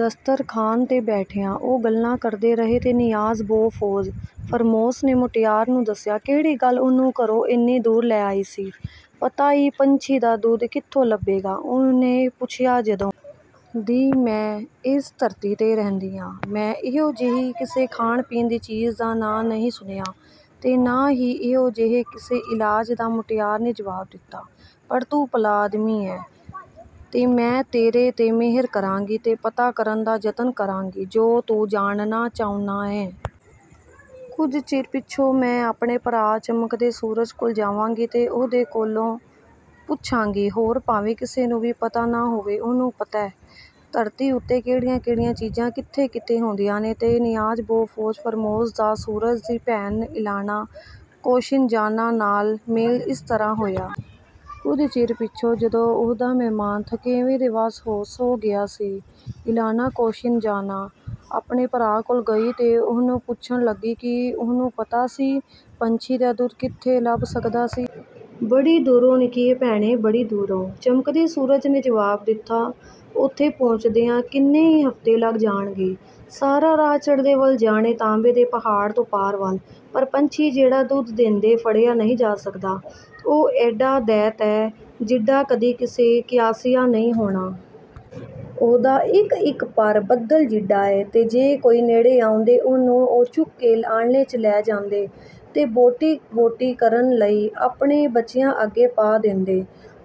ਦਸਤਰਖ਼ਾਨ 'ਤੇ ਬੈਠਿਆਂ, ਉਹ ਗੱਲਾਂ ਕਰਦੇ ਰਹੇ ਤੇ ਨਿਆਜ਼-ਬੋ ਫ਼ੇਤ-ਫ਼ਰੂਮੋਸ ਨੇ ਮੁਟਿਆਰ ਨੂੰ ਦੱਸਿਆ, ਕਿਹੜੀ ਗੱਲ ਉਹਨੂੰ ਘਰੋਂ ਏਨੀ ਦੂਰ ਲੈ ਆਈ ਸੀ। "ਪਤਾ ਈ, ਪੰਛੀ ਦਾ ਦੁੱਧ ਕਿੱਥੋਂ ਲੱਭੇਗਾ?" ਉਹਨੇ ਪੁੱਛਿਆ। "ਜਦੋਂ ਦੀ ਮੈਂ ਏਸ ਧਰਤੀ 'ਤੇ ਰਹਿੰਦੀ ਆਂ, ਮੈਂ ਇਹੋ ਜਿਹੀ ਕਿਸੇ ਖਾਣ-ਪੀਣ ਦੀ ਚੀਜ਼ ਦਾ ਨਾਂ ਨਹੀਂ ਸੁਣਿਆ ਤੇ ਨਾ ਹੀ ਇਹੋ ਜਿਹੇ ਕਿਸੇ ਇਲਾਜ ਦਾ," ਮੁਟਿਆਰ ਨੇ ਜਵਾਬ ਦਿੱਤਾ, "ਪਰ ਤੂੰ ਭਲਾ ਆਦਮੀ ਏਂ, ਤੇ ਮੈਂ ਤੇਰੇ 'ਤੇ ਮਿਹਰ ਕਰਾਂਗੀ ਤੇ ਪਤਾ ਕਰਨ ਦਾ ਜਤਨ ਕਰਾਂਗੀ, ਜੋ ਤੂੰ ਜਾਣਨਾ ਚਾਹੁੰਨਾ ਏਂ। ਕੁਝ ਚਿਰ ਪਿੱਛੋਂ ਮੈਂ ਆਪਣੇ ਭਰਾ, ਚਮਕਦੇ ਸੂਰਜ, ਕੋਲ ਜਾਵਾਂਗੀ ਤੇ ਉਹਦੇ ਕੋਲੋਂ ਪੁੱਛਾਂਗੀ। ਹੋਰ ਭਾਵੇਂ ਕਿਸੇ ਨੂੰ ਵੀ ਪਤਾ ਨਾ ਹੋਵੇ, ਉਹਨੂੰ ਪਤੈ, ਧਰਤੀ ਉੱਤੇ ਕਿਹੜੀਆਂ-ਕਿਹੜੀਆਂ ਚੀਜ਼ਾਂ ਕਿੱਥੇ-ਕਿੱਥੇ ਹੁੰਦੀਆਂ ਨੇ।" ਤੇ ਨਿਆਜ਼-ਬੋ ਫ਼ੇਤ-ਫ਼ਰੂਮੋਸ ਦਾ ਸੂਰਜ ਦੀ ਭੈਣ, ਇਲਾਨਾ ਕੋਸਿਨਜ਼ਾਨਾ, ਨਾਲ ਮੇਲ ਇਸ ਤਰ੍ਹਾਂ ਹੋਇਆ। ਕੁਝ ਚਿਰ ਪਿੱਛੋਂ ਜਦੋਂ ਉਹਦਾ ਮਹਿਮਾਨ, ਥਕੇਵੇਂ ਦੇ ਵੱਸ ਹੋ, ਸੌ ਗਿਆ ਸੀ, ਇਲਾਨਾ ਕੋਸਿਨਜ਼ਾਨਾ ਆਪਣੇ ਭਰਾ ਕੋਲ ਗਈ ਤੇ ਉਹਨੂੰ ਪੁੱਛਣ ਲੱਗੀ, ਕੀ ਉਹਨੂੰ ਪਤਾ ਸੀ, ਪੰਛੀ ਦਾ ਦੁੱਧ ਕਿੱਥੇ ਲੱਭ ਸਕਦਾ ਸੀ। "ਬੜੀ ਦੂਰੋਂ, ਨਿੱਕੀਏ ਭੈਣੇ, ਬੜੀ ਦੂਰੋਂ," ਚਮਕਦੇ ਸੂਰਜ ਨੇ ਜਵਾਬ ਦਿੱਤਾ, "ਓਥੇ ਪਹੁੰਚਦਿਆਂ ਕਿੰਨੇ ਈ ਹਫ਼ਤੇ ਲੱਗ ਜਾਣਗੇ; ਸਾਰਾ ਰਾਹ ਚੜ੍ਹਦੇ ਵੱਲ ਜਾਣੈ, ਤਾਂਬੇ ਦੇ ਪਹਾੜ ਤੋਂ ਪਾਰ ਵੱਲ। ਪਰ ਪੰਛੀ ਜਿਹੜਾ ਦੁੱਧ ਦੇਂਦੈ, ਫੜਿਆ ਨਹੀਂ ਜਾ ਸਕਦਾ, ਉਹ ਏਡਾ ਦੈਂਤ ਏ, ਜਿੱਡਾ ਕਦੀ ਕਿਸੇ ਕਿਆਸਿਆ ਨਹੀਂ ਹੋਣਾ। ਉਹਦਾ ਇੱਕ-ਇੱਕ ਪਰ ਬੱਦਲ ਜਿੱਡਾ ਏ, ਤੇ ਜੇ ਕੋਈ ਨੇੜੇ ਆਉਂਦੈ, ਉਹਨੂੰ ਉਹ ਚੁੱਕ ਕੇ ਆਲ੍ਹਣੇ 'ਚ ਲੈ ਜਾਂਦੈ ਤੇ ਬੋਟੀ-ਬੋਟੀ ਕਰਨ ਲਈ ਆਪਣੇ ਬੱਚਿਆਂ ਅੱਗੇ ਪਾ ਦੇਂਦੈ।"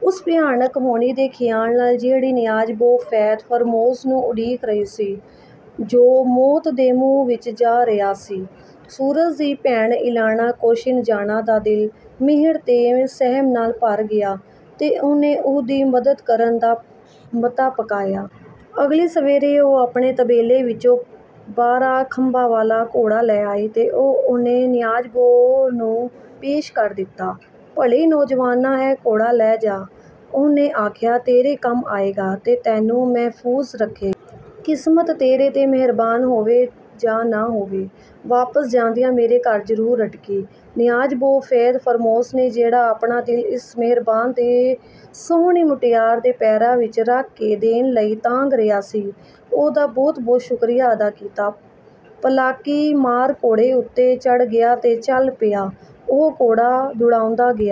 ਉਸ ਭਿਆਨਕ ਹੋਣੀ ਦੇ ਖ਼ਿਆਲ ਨਾਲ, ਜਿਹੜੀ ਨਿਆਜ਼-ਬੋ ਫ਼ੇਤ-ਫ਼ਰੂਮੋਸ ਨੂੰ ਉਡੀਕ ਰਹੀ ਸੀ, ਜੋ ਮੌਤ ਦੇ ਮੂੰਹ ਵਿੱਚ ਜਾ ਰਿਹਾ ਸੀ, ਸੂਰਜ ਦੀ ਭੈਣ, ਇਲਾਨਾ ਕੋਸਿਨਜ਼ਾਨਾ, ਦਾ ਦਿਲ ਮਿਹਰ ਤੇ ਸਹਿਮ ਨਾਲ ਭਰ ਗਿਆ ਤੇ ਉਹਨੇ ਉਹਦੀ ਮਦਦ ਕਰਨ ਦਾ ਮਤਾ ਪਕਾਇਆ। ਅਗਲੀ ਸਵੇਰੇ, ਉਹ ਆਪਣੇ ਤਬੇਲੇ ਵਿੱਚੋਂ ਬਾਰ੍ਹਾਂ ਖੰਭਾਂ ਵਾਲਾ ਘੋੜਾ ਲੈ ਆਈ ਤੇ ਉਹ ਉਹਨੇ ਨਿਆਜ਼-ਬੋ ਨੂੰ ਪੇਸ਼ ਕਰ ਦਿੱਤਾ। "ਭਲੇ ਨੌਜਵਾਨਾ, ਇਹ ਘੋੜਾ ਲੈ ਜਾ," ਉਹਨੇ ਆਖਿਆ, "ਤੇਰੇ ਕੰਮ ਆਏਗਾ ਤੇ ਤੈਨੂੰ ਮਹਿਫ਼ੂਜ਼ ਰੱਖੇਗਾ। ਕਿਸਮਤ ਤੇਰੇ 'ਤੇ ਮਿਹਰਬਾਨ ਹੋਵੇ ਜਾਂ ਨਾ ਹੋਵੇ, ਵਾਪਸ ਜਾਂਦਿਆਂ ਮੇਰੇ ਘਰ ਜ਼ਰੂਰ ਅਟਕੀਂ।" ਨਿਆਜ਼-ਬੋ ਫ਼ੇਤ-ਫ਼ਰੂਮੋਸ ਨੇ, ਜਿਹੜਾ ਆਪਣਾ ਦਿਲ ਇਸ ਮਿਹਰਬਾਨ ਤੇ ਸੋਹਣੀ ਮੁਟਿਆਰ ਦੇ ਪੈਰਾਂ ਵਿੱਚ ਰੱਖ ਦੇਣ ਲਈ ਤਾਂਘ ਰਿਹਾ ਸੀ, ਉਹਦਾ ਬਹੁਤ-ਬਹੁਤ ਸ਼ੁਕਰੀਆ ਅਦਾ ਕੀਤਾ, ਪਲਾਕੀ ਮਾਰ ਘੋੜੇ ਉੱਤੇ ਚੜ੍ਹ ਗਿਆ ਤੇ ਚੱਲ ਪਿਆ। ਉਹ ਘੋੜਾ ਦੁੜਾਉਂਦਾ ਗਿਆ।